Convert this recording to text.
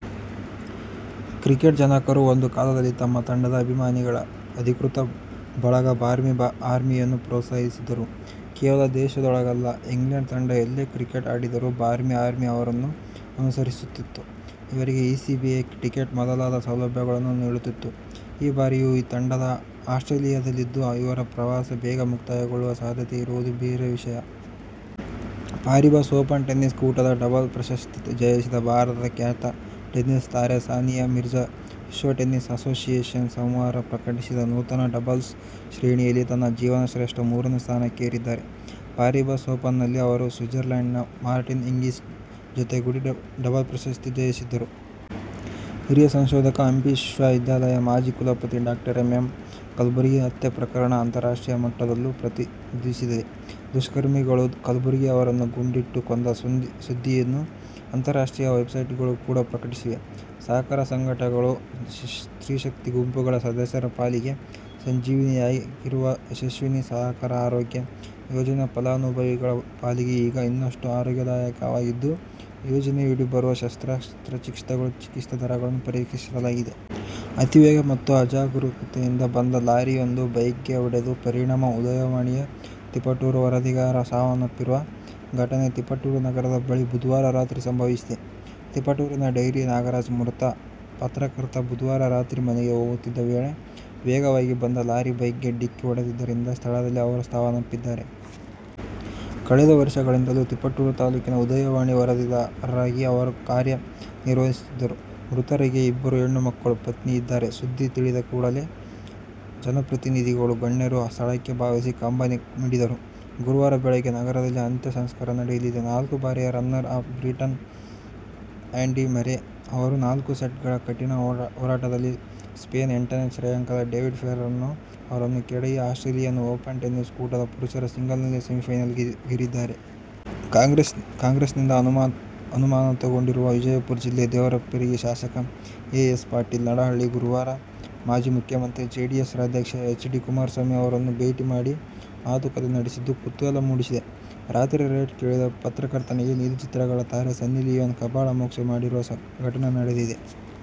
Cricket ಜನಕರು ಒಂದು ಕಾಲದಲ್ಲಿ ತಮ್ಮ ತಂಡದ ಅಭಿಮಾನಿಗಳ ಅಧಿಕೃತ ಬಳಗ "ಬಾರ್ಮಿ ಆರ್ಮಿ'ಯನ್ನು ಪೊತ್ಸಾಹಿಸಿದ್ದರು. ಕೇವಲ ದೇಶದೊಳಗಲ್ಲ, ಇಂಗ್ಲೆಂಡ್ ತಂಡ ಎಲ್ಲೇ ಕ್ರಿಕೆಟ್ ಆಡಿದರೂ ಬಾರ್ಮಿ ಆರ್ಮಿ ಅವರನ್ನು ಅನುಸರಿಸುತ್ತಿತ್ತು. ಇವರಿಗೆ ಇಸಿಬಿಯೇ ಟಿಕೆಟ್ ಮೊದಲಾದ ಸೌಲಭ್ಯಗಳನ್ನುನೀಡುತ್ತಿತ್ತು. ಈ ಬಾರಿಯೂ ಈ ತಂಡ ಆಸ್ಟ್ರೇಲಿಯದಲ್ಲಿದ್ದು, ಇವರ ಪ್ರವಾಸ ಬೇಗ ಮುಕ್ತಾಯಗೊಳ್ಳುವ ಸಾಧ್ಯತೆ ಇರುವುದು ಬೇರೆ ವಿಷಯ! ಪಾರಿಬಸ್ ಓಪನ್ ಟೆನಿಸ್ ಕೂಟದ ಡಬಲ್ಸ್ ಪ್ರಶಸ್ತಿ ಜಯಿಸಿದ ಭಾರತದ ಖ್ಯಾತ ಟೆನಿಸ್ ತಾರೆ ಸಾನಿಯಾ ಮಿರ್ಜಾ ವಿಶ್ವ ಟೆನಿಸ್ ಅಸೋಸಿಯೇಶನ್ ಸೋಮವಾರ ಪ್ರಕಟಿಸಿದ ನೂತನ ಡಬಲ್ಸ್ ಶ್ರೇಣಿಯಲ್ಲಿ ತನ್ನ ಜೀವನಶ್ರೇಷ್ಠ ಮೂರನೇ ಸ್ಥಾನಕ್ಕೆ ಏರಿದ್ದಾರೆ. ಪಾರಿಬಸ್ ಓಪನ್ನಲ್ಲಿ ಅವರು ಸ್ವಿಟ್ಸರ್ಲ್ಯಾಂಡಿನ ಮಾರ್ಟಿನಾ ಹಿಂಗಿಸ್ ಜತೆಗೂಡಿ ಡಬಲ್ಸ್ ಪ್ರಶಸ್ತಿ ಜಯಿಸಿದ್ದರು. ಹಿರಿಯ ಸಂಶೋಧಕ, ಹಂಪಿ ವಿಶ್ವವಿದ್ಯಾಲಯದ ಮಾಜಿ ಕುಲಪತಿ ಡಾ ಎಂ. ಎಂ. ಕಲುಬರ್ಗಿ ಹತ್ಯೆ ಪ್ರಕರಣ ಅಂತಾರಾಷ್ಟ್ರೀಯ ಮಟ್ಟದಲ್ಲೂ ಪ್ರತಿಧ್ವನಿಸಿದೆ. ದುಷ್ಕರ್ಮಿಗಳು ಕಲಬುರ್ಗಿ ಅವರನ್ನು ಗುಂಡಿಟ್ಟು ಕೊಂದ ಸುದ್ದಿಯನ್ನು ಅಂತಾರಾಷ್ಟ್ರೀಯ ವೆಬ್ಸೈಟ್ಗಳು ಕೂಡ ಪ್ರಕಟಿಸಿವೆ. ಸಹಕಾರ ಸಂಘಗಳು, ಸ್ತ್ರೀಶಕ್ತಿ ಗುಂಪುಗಳ ಸದಸ್ಯರ ಪಾಲಿಗೆ 'ಸಂಜೀವಿನಿ'ಯಾಗಿರುವ ಯಶಸ್ವಿನಿ ಸಹಕಾರ ಆರೋಗ್ಯ ಯೋಜನೆ ಫಲಾನುಭವಿಗಳ ಪಾಲಿಗೆ ಈಗ ಇನ್ನಷ್ಟು "ಅರೋಗ್ಯದಾಯಕ'ವಾಗಿದ್ದು, ಯೋಜನೆಯಡಿ ಬರುವ ಶಸ್ತ್ರಚಿಕಿತ್ಸೆಗಳ ಚಿಕಿತ್ಸಾ ದರಗಳನ್ನು ಪರಿಷ್ಕರಿಸಲಾಗಿದೆ. ಅತಿವೇಗ ಮತ್ತು ಅಜಾಗರೂಕತೆಯಿಂದ ಬಂದ ಲಾರಿಯೊಂದು ಬೈಕ್ಗೆ ಹೊಡೆದ ಪರಿಣಾಮ "ಉದಯವಾಣಿ'ಯ ತಿಪಟೂರು ವರದಿಗಾರ ಸಾವನ್ನಪ್ಪಿರುವ ಘಟನೆ ತಿಪಟೂರು ನಗರದ ಬಳಿ ಬುಧವಾರ ರಾತ್ರಿ ಸಂಭವಿಸಿದೆ. ತಿಪಟೂರಿನ ಡೈರಿ ನಾಗರಾಜ್ ಮೃತ ಪತ್ರಕರ್ತ. ಬುಧವಾರ ರಾತ್ರಿ ಮನೆಗೆ ಹೋಗುತ್ತಿದ್ದ ವೇಳೆ ವೇಗವಾಗಿ ಬಂದ ಲಾರಿ ಬೈಕ್ಗೆ ಡಿಕ್ಕಿ ಹೊಡೆದಿದ್ದರಿಂದ ಸ್ಥಳದಲ್ಲೇ ಅವರು ಸಾವನ್ನಪ್ಪಿದ್ದಾರೆ. ಕಳೆದ ವರ್ಷಗಳಿಂದಲೂ ತಿಪಟೂರು ತಾಲೂಕಿನ "ಉದಯವಾಣಿ' ವರದಿಗಾರರಾಗಿ ಅವರು ಕಾರ್ಯ ನಿರ್ವಹಿಸುತ್ತಿದ್ದರು. ಮೃತರಿಗೆ ಇಬ್ಬರು ಹೆಣ್ಣು ಮಕ್ಕಳು, ಪತ್ನಿ ಇದ್ದಾರೆ. ಸುದ್ದಿ ತಿಳಿದ ಕೂಡಲೇ ಜನಪ್ರತಿನಿಧಿಗಳು, ಗಣ್ಯರು ಸ್ಥಳಕ್ಕೆ ಧಾವಿಸಿ ಕಂಬನಿ ಮಿಡಿದರು. ಗುರುವಾರ ಬೆಳಗ್ಗೆ ನಗರದಲ್ಲಿ ಅಂತ್ಯ ಸಂಸ್ಕಾರ ನಡೆಯಲಿದೆ. ನಾಲ್ಕು ಬಾರಿಯ ರನ್ನರ್ ಅಪ್ ಬ್ರಿಟನ್ನ ಆ್ಯಂಡಿ ಮರ್ರೆ ಅವರು ನಾಲ್ಕು ಸೆಟ್ಗಳ ಕಠಿನ ಹೋರಾಟದಲ್ಲಿ ಸ್ಪೇನ್ನ ಎಂಟನೇ ಶ್ರೇಯಾಂಕದ ಡೇವಿಡ್ ಫೆರರ್ ಅವರನ್ನು ಕೆಡಹಿ ಆಸ್ಟ್ರೇಲಿಯನ್ ಓಪನ್ ಟೆನಿಸ್ ಕೂಟದ ಪುರುಷರ ಸಿಂಗಲ್ಸ್ನಲ್ಲಿ ಸೆಮಿಫೈನಲಿಗೇರಿದ್ದಾರೆ. ಕಾಂಗ್ರೆಸ್ನಿಂದ ಅಮಾನತುಗೊಂಡಿರುವ ವಿಜಯಪುರ ಜಿಲ್ಲೆ ದೇವರಹಿಪ್ಪರಗಿ ಶಾಸಕ ಎ. ಎಸ್. ಪಾಟೀಲ್ ನಡಹಳ್ಳಿ ಗುರುವಾರ ಮಾಜಿ ಮುಖ್ಯಮಂತ್ರಿ ಜೆಡಿಎಸ್ ರಾಜ್ಯಾಧ್ಯಕ್ಷ ಎಚ್. ಡಿ. ಕುಮಾರಸ್ವಾಮಿ ಅವರನ್ನು ಭೇಟಿ ಮಾಡಿ ಮಾತುಕತೆ ನಡೆಸಿದ್ದು ಕುತೂಹಲ ಮೂಡಿಸಿದೆ. "ರಾತ್ರಿ ರೇಟ್' ಕೇಳಿದ ಪತ್ರಕರ್ತನಿಗೆ ನೀಲಿಚಿತ್ರಗಳ ತಾರೆ ಸನ್ನಿ ಲಿಯೋನ್ ಕಪಾಳಮೋಕ್ಷ ಮಾಡಿರುವ ಘಟನೆ ನಡೆದಿದೆ.